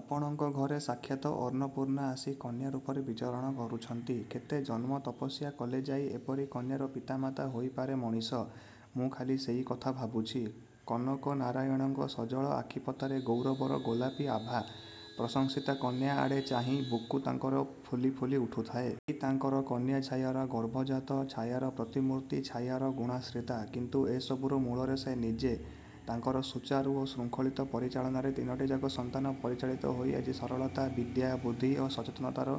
ଆପଣଙ୍କ ଘରେ ସାକ୍ଷାତ ଅର୍ଣ୍ଣପୂର୍ଣ୍ଣା ଆସି କନ୍ୟା ରୂପରେ ବିଚରଣ କରୁଛନ୍ତି। କେତେ ଜନ୍ମ ତପସ୍ୟା କଲେ ଯାଇ ଏପରି କନ୍ୟାର ପିତା ମାତା ହୋଇପାରେ ମଣିଷ, ମୁଁ ଖାଲି ସେଇ କଥା ଭାବୁଛି। କନକନାରାୟଣଙ୍କ ସଜଳ ଆଖିପତାରେ ଗୌରବର ଗୋଲାପୀ ଆଭା। ପ୍ରଶଂସୀତା କନ୍ୟା ଆଡ଼େ ଚାହିଁ ବୁକୁ ତାଙ୍କର ଫୁଲି ଫୁଲି ଉଠୁଥାଏ। ଏଇ ତାଙ୍କର କନ୍ୟାଛାୟାର ଗର୍ଭ-ଜାତା, ଛାୟାର ପ୍ରତିମୂର୍ତ୍ତି, ଛାୟାର ଗୁଣାଶ୍ରୀତା। କିନ୍ତୁ ଏ ସବୁର ମୂଳରେ ସେ ନିଜେ। ତାଙ୍କର ସୁଚାରୁ ଓ ଶୃଙ୍ଖଳିତ ପରିଚାଳନାରେ ତିନୋଟିଯାକ ସନ୍ତାନ ପରିଚାଳିତ ହୋଇ ଆଜି ସରଳତା, ବିଦ୍ୟା, ବୁଦ୍ଧି ଓ ସଚେତନତାର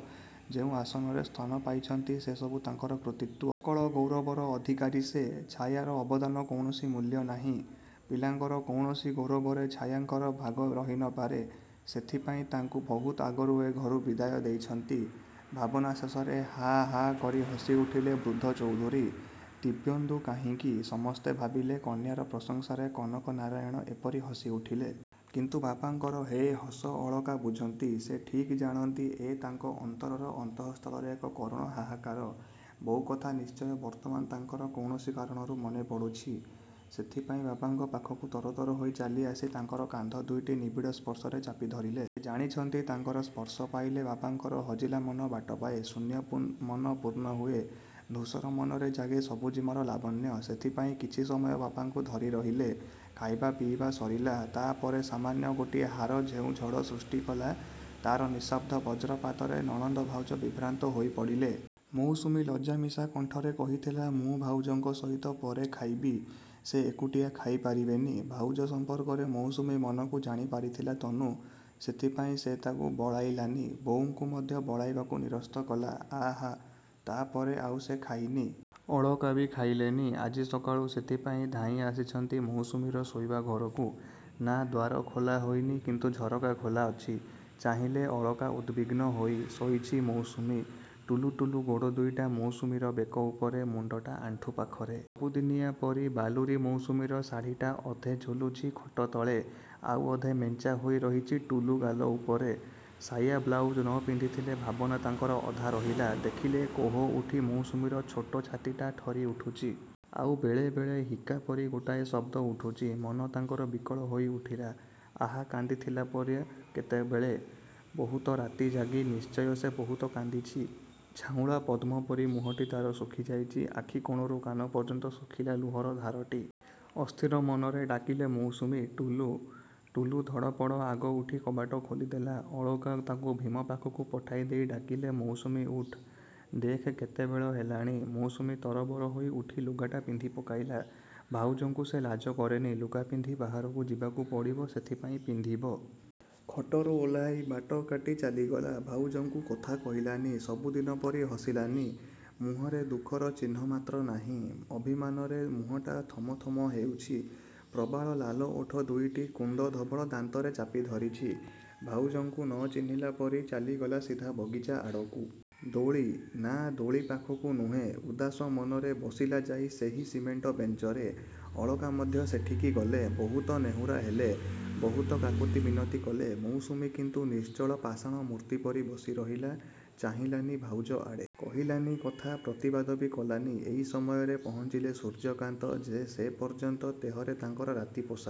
ଯେଉଁ ଉଚ୍ଚ ଆସନରେ ସ୍ଥାନ ପାଇଛନ୍ତି ସେ ସବୁ ତାଙ୍କର କୃତୀତ୍ୱ। ସକଳ ଗୌରବର ଅଧିକାରୀ ସେ। ଛାୟାର ଅବଦାନ କୌଣସି ମୂଲ୍ୟ ନାହିଁ। ପିଲାଙ୍କର କୌଣସି ଗୌରବରେ ଛାୟାଙ୍କର ଭାଗ ରହିନପାରେ। ସେଥିପାଇଁ ତାଙ୍କୁ ବହୁତ ଆଗରୁ ଏ ଘରୁ ବିଦାୟ ଦେଇଛନ୍ତି। ଭାବନା ଶେଷରେ ହାଃ, ହାଃ, କରି ହସିଉଠିଲେ ବୃଦ୍ଧ ଚୌଧୁରୀ। ଦିବ୍ୟେନ୍ଦୁ କାହିଁକି, ସମସ୍ତେ ଭାବିଲେ କନ୍ୟାର ପ୍ରଶଂସାରେ କନକନାରାୟଣ ଏପରି ହସିଉଠିଲେ। କିନ୍ତୁ ବାପାଙ୍କର ଏ ହସ ଅଳକା ବୁଝନ୍ତି। ସେ ଠିକ୍ ଜାଣନ୍ତି, ଏ ତାଙ୍କ ଅନ୍ତରର ଅନ୍ତଃସ୍ଥଳର ଏକ କରୁଣ ହାହାକାର। ବୋଉ କଥା ନିଶ୍ଚୟ ବର୍ତ୍ତମାନ ତାଙ୍କର କୌଣସି କାରଣରୁ ମନେପଡ଼ିଛି। ସେଥିପାଇଁ ବାପାଙ୍କ ପାଖକୁ ତରତର ହୋଇ ଚାଲିଆସି ତାଙ୍କର କାନ୍ଧ ଦୁଇଟି ନିବିଡ଼ ସ୍ପର୍ଶରେ ଚାପି ଧରିଲେ। ସେ ଜାଣିଛନ୍ତି ତାଙ୍କର ସ୍ପର୍ଶ ପାଇଲେ ବାପାଙ୍କର ହଜିଲା ମନ ବାଟ ପାଏ, ଶୂନ୍ୟ ପୁନ୍ ମନ ପୂର୍ଣ୍ଣ ହୁଏ, ଧୁସର ମନରେ ଜାଗେ ସବୁଜିମାର ଲାବଣ୍ୟ। ସେଥିପାଇଁ କିଛି ସମୟ ବାପାଙ୍କୁ ଧରି ରହିଲେ। ଖାଇବା ପିଇବା ସରିଲା। ତା' ପରେ ସାମାନ୍ୟ ଗୋଟିଏ ହାର ଯେଉଁ ଝଡ଼ ସୃଷ୍ଟି କଲା ତା'ର ନିଃଶବ୍ଦ ବଜ୍ରପାତରେ ନଣନ୍ଦ ଭାଉଜ ବିଭ୍ରାନ୍ତ ହୋଇପଡ଼ିଲେ। ମୌସୁମୀ ଲଜ୍ଜା ମିଶା କଣ୍ଠରେ କହିଥିଲା ମୁଁ ଭାଉଜଙ୍କ ସହିତ ପରେ ଖାଇବି। ସେ ଏକୁଟିଆ ଖାଇପାରିବେନି। ଭାଉଜ ସମ୍ପର୍କରେ ମୌସୁମୀ ମନକୁ ଜାଣିପାରିଥିଲା ତନୁ। ସେଥିପାଇଁ ସେ ତାକୁ ବଳାଇଲାନି। ବୋଉଙ୍କୁ ମଧ୍ୟ ବଳାଇବାକୁ ନିରସ୍ତ କଲା। ଆହା ତା' ପରେ ଆଉ ସେ ଖାଇନି। ଅଳକା ବି ଖାଇଲେନି। ଆଜି ସକାଳୁ ସେଥିପାଇଁ ଧାଇଁ ଆସିଛନ୍ତି ମୌସୁମୀର ଶୋଇବା ଘରକୁ। ନାଁ, ଦ୍ୱାର ଖୋଲା ହୋଇନି କିନ୍ତୁ ଝରକା ଖୋଲା ଅଛି। ଚାହିଁଲେ ଅଳକା ଉଦ୍‌ବିଗ୍ନ ହୋଇ। ଶୋଇଛି ମୌସୁମୀ। ଟୁଲୁ-ଟୁଲୁ ଗୋଡ଼ ଦୁଇଟା ମୌସୁମୀର ବେକ ଉପରେ, ମୁଣ୍ଡଟା ଆଣ୍ଠୁ ପାଖରେ। ସବୁଦିନିଆ ପରି ବାଲୁରୀ ମୌସୁମୀର ଶାଢ଼ିଟା ଅଧେ ଝୁଲୁଛି ଖଟ ତଳେ, ଆଉ ଅଧେ ମେଞ୍ଚା ହୋଇ ରହିଛି ଟୁଲୁ ଗାଲ ଉପରେ। ସାୟା ବ୍ଳାଉଜ ନ ପିନ୍ଧି ଥିଲେ ଭାବନା ତାଙ୍କର ଅଧା ରହିଲା। ଦେଖିଲେ କୋହ ଉଠି ମୌସୁମୀର ଛୋଟ ଛାତିଟା ଥରି ଉଠୁଛି। ଆଉ ବେଳେ ବେଳେ ହିକ୍କା ପରି ଗୋଟାଏ ଶବ୍ଦ ଉଠୁଛି। ମନ ତାଙ୍କର ବିକଳ ହୋଇ ଉଠିଲା। ଆହା କାନ୍ଦିଥିଲା ପରା କେତେବେଳେ। ବହୁତ ରାତି ଜାଗି ନିଶ୍ଚୟ ସେ ବହୁତ କାନ୍ଦିଛି। ଝାଉଁଳା ପଦ୍ମ ପରି ମୁହଁଟି ତା'ର ଶୁଖି ଯାଇଛି। ଆଖି କୋଣରୁ କାନ ପର୍ଯ୍ୟନ୍ତ ଶୁଖିଲା ଲୁହର ଧାରଟି। ଅସ୍ଥିର ମନରେ ଡାକିଲେ ମୌସୁମୀ, ଟୁଲୁ-ଟୁଲୁ ଧଡ଼ପଡ଼ ଆଗ ଉଠି କବାଟ ଖୋଲିଦେଲା। ଅଳକା ତାକୁ ଭୀମ ପାଖକୁ ପଠାଇଦେଇ ଡାକିଲେ ମୌସୁମୀ ଉଠ୍, ଦେଖ୍ କେତେବେଳ ହେଲାଣି। ମୌସୁମୀ ତରବର ହୋଇ ଉଠି ଲୁଗାଟା ପିନ୍ଧି ପକାଇଲା। ଭାଉଜଙ୍କୁ ସେ ଲାଜ କରେନି। ଲୁଗା ପିନ୍ଧି ବାହାରକୁ ଯିବାକୁ ପଡ଼ିବ ସେଥିପାଇଁ ପିନ୍ଧିବ। ଖଟରୁ ଓହ୍ଲାଇ ବାଟ କାଟି ଚାଲିଗଲା। ଭାଉଜଙ୍କୁ କଥା କହିଲାନି, ସବୁଦିନ ପରି ହସିଲାନି। ମୁହଁରେ ଦୁଃଖର ଚିହ୍ନ ମାତ୍ର ନାହିଁ। ଅଭିମାନରେ ମୁହଁଟା ଥମଥମ ହେଉଛି। ପ୍ରବାଳ ଲାଲ ଓଠ ଦୁଇଟି କୁନ୍ଦଧବଳ ଦାନ୍ତରେ ଚାପି ଧରିଛି। ଭାଉଜଙ୍କୁ ନ ଚିହ୍ନିଲା ପରି ଚାଲିଗଲା ସିଧା ବଗିଚା ଆଡ଼କୁ। ଦୋଳି? ନା, ଦୋଳି ପାଖକୁ ନୁହେଁ। ଉଦାସ ମନରେ ବସିଲା ଯାଇ ସେହି ସିମେଣ୍ଟ ବେଞ୍ଚରେ। ଅଳକା ମଧ୍ୟ ସେଠିକି ଗଲେ। ବହୁତ ନେହୁରା ହେଲେ, ବହୁତ କାକୁତି ମିନତି କଲେ। ମୌସୁମୀ କିନ୍ତୁ ନିଶ୍ଚଳ ପାଷାଣ ମୂର୍ତ୍ତି ପରି ବସି ରହିଲା। ଚାହିଁଲାନି ଭାଉଜ ଆଡ଼େ। କହିଲାନି କଥା, ପ୍ରତିବାଦ ବି କଲାନି। ଏଇ ସମୟରେ ପହଞ୍ଚିଲେ ସୂର୍ଯ୍ୟକାନ୍ତ। ସେପର୍ଯ୍ୟନ୍ତ ଦେହରେ ତାଙ୍କର ରାତି ପୋଷାକ।